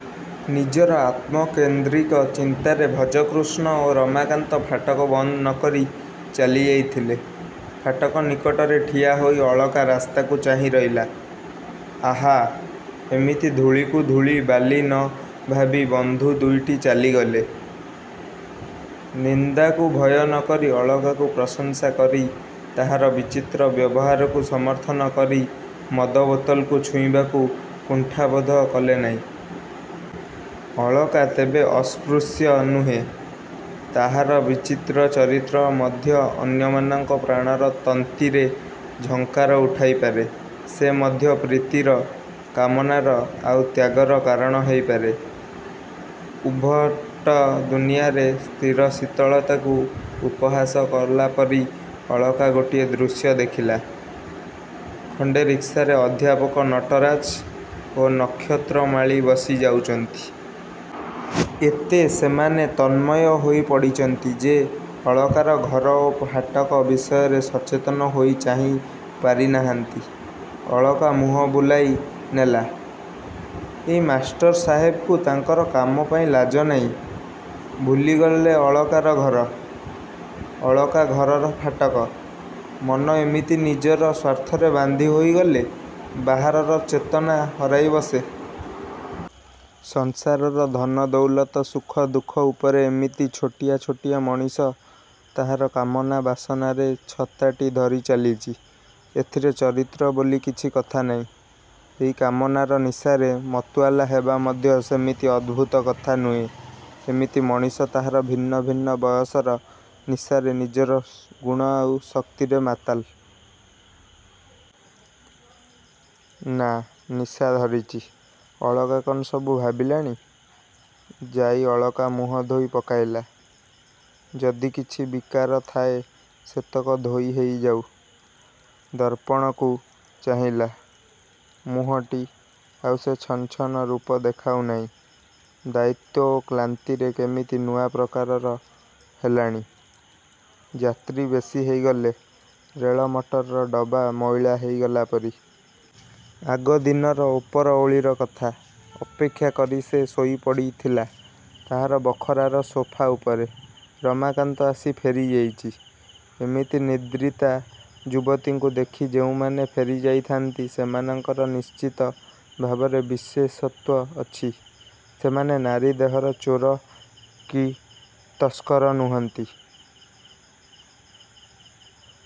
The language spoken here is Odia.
ନିଜର ଆତ୍ମକେନ୍ଦ୍ରିକ ଚିନ୍ତାରେ ଭଜକୃଷ୍ଣ ଓ ରମାକାନ୍ତ ଫାଟକ ବନ୍ଦ ନକରି ଚାଲି ଯାଇଥିଲେ। ଫାଟକ ନିକଟରେ ଠିଆ ହୋଇ ଅଳକା ରାସ୍ତାକୁ ଚାହିଁ ରହିଲା-ଆହା, ଏମିତି ଧୂଳିକୁ ଧୂଳି ବାଲି ନ ଭାବି ବଂଧୁ ଦୁଇଟି ଚାଲିଗଲେ। ନିନ୍ଦାକୁ ଭୟ ନକରି ଅଳକାକୁ ପ୍ରଶଂସା କରି ତାହାର ବିଚିତ୍ର ବ୍ୟବହାରକୁ ସମର୍ଥନ କରି ମଦ ବୋତଲକୁ ଛୁଇଁବାକୁ କୁଣ୍ଠାବୋଧ କଲେ ନାହିଁ। ଅଳକା ତେବେ ଅସ୍ପୃଶ୍ୟ ନୁହେଁ-ତାହାର ବିଚିତ୍ର ଚରିତ୍ର ମଧ୍ୟ ଅନ୍ୟମାନଙ୍କ ପ୍ରାଣର ତନ୍ତ୍ରୀରେ ଝଙ୍କାର ଉଠାଇ ପାରେ। ସେ ମଧ୍ୟ ପ୍ରୀତିର, କାମନାର, ଆଉ ତ୍ୟାଗର କାରଣ ହେଇପାରେ। ଉଦ୍ଭଟ ଦୁନିଆର ସ୍ଥିର ଶୀତଳତାକୁ ଉପହାସ କଲା ପରି ଅଳକା ଗୋଟିଏ ଦୃଶ୍ୟ ଦେଖିଲା-ଖଣ୍ଡେ ରିକ୍ସାରେ ଅଧ୍ୟାପକ ନଟରାଜ ଓ ନକ୍ଷତ୍ରମାଳୀ ବସି ଯାଉଛନ୍ତି। ଏତେ ସେମାନେ ତନ୍ମୟ ହୋଇ ପଡ଼ିଛନ୍ତି ଯେ ଅଳକାର ଘର ଓ ଫାଟକ ବିଷୟରେ ସଚେତନ ହୋଇ ଚାହିଁ ପାରି ନାହାନ୍ତି। ଅଳକା ମୁହଁ ବୁଲାଇ ନେଲା-ଏଇ ମାଷ୍ଟର ସାହେବଙ୍କୁ ତାଙ୍କର କାମ ପାଇଁ ଲାଜ ନାହିଁ। ଭୁଲିଗଲେ ଅଳକାର ଘର-ଅଳକା ଘରର ଫାଟକ। ମନ ଏମିତି ନିଜର ସ୍ୱାର୍ଥରେ ବାନ୍ଧି ହୋଇଗଲେ ବାହାରର ଚେତନା ହରାଇ ବସେ। ସଂସାରର ଧନ ଦଉଲତ ସୁଖ ଦୁଃଖ ଉପରେ ଏମିତି ଛୋଟିଆ ଛୋଟିଆ ମଣିଷ ତାହାର କାମନା ବାସନାର ଛତାଟି ଧରି ଚାଲିଛି। ଏଥିରେ ଚରିତ୍ର ବୋଲି କିଛି କଥା ନାହିଁ। ଏହି କାମନାର ନିଶାରେ ମତୁଆଲା ହେବା ମଧ୍ୟ ସେମିତି ଅଦ୍ଭୁତ କଥା ନୁହେଁ। ଏମିତି ମଣିଷ ତାହାର ଭିନ୍ନ ଭିନ୍ନ ବୟସର ନିଶାରେ ନିଜର ଗୁଣ ଆଉ ଶକ୍ତିରେ ମାତାଲ। -ନା, ନିଶା ଧରିଛି। ଅଳକା କ'ଣ ସବୁ ଭାବିଲାଣି? ଯାଇ ଅଳକା ମୁହଁ ଧୋଇ ପକାଇଲା-ଯଦି କିଛି ବିକାର ଥାଏ ସେତକ ଧୋଇ ହେଇ ଯାଉ। ଦର୍ପଣକୁ ଚାହିଁଲା-ମୁହଁଟି ଆଉ ସେ ଛନ ଛନ ରୂପ ଦେଖାଉ ନାହିଁ। ଦାୟିତ୍ୱ ଓ କ୍ଳାନ୍ତିରେ କେମିତି ନୂଆ ପ୍ରକାରର ହେଲାଣି-ଯାତ୍ରୀ ବେଶି ହେଇଗଲେ ରେଳ ମଟରର ଡବା ମଇଳା ହେଇଗଲା ପରି। ଆଗଦିନର ଉପର ଓଳିର କଥା। ଅପେକ୍ଷା କରି କରି ସେ ଶୋଇପଡ଼ି ଥିଲା ତାହାର ବଖରାର ସୋଫା ଉପରେ। ରମାକାନ୍ତ ଆସି ଫେରିଯାଇଛି। ଏମିତି ନିଦ୍ରିତା ଯୁବତୀଙ୍କୁ ଦେଖି ଯେଉଁମାନେ ଫେରି ଯାଇଥାନ୍ତି ସେମାନଙ୍କର ନିଶ୍ଚିତ ଭାବରେ ବିଶେଷତ୍ୱ ଅଛି। ସେମାନେ ନାରୀ ଦେହର ଚୋର କି ତସ୍କର ନୁହନ୍ତି।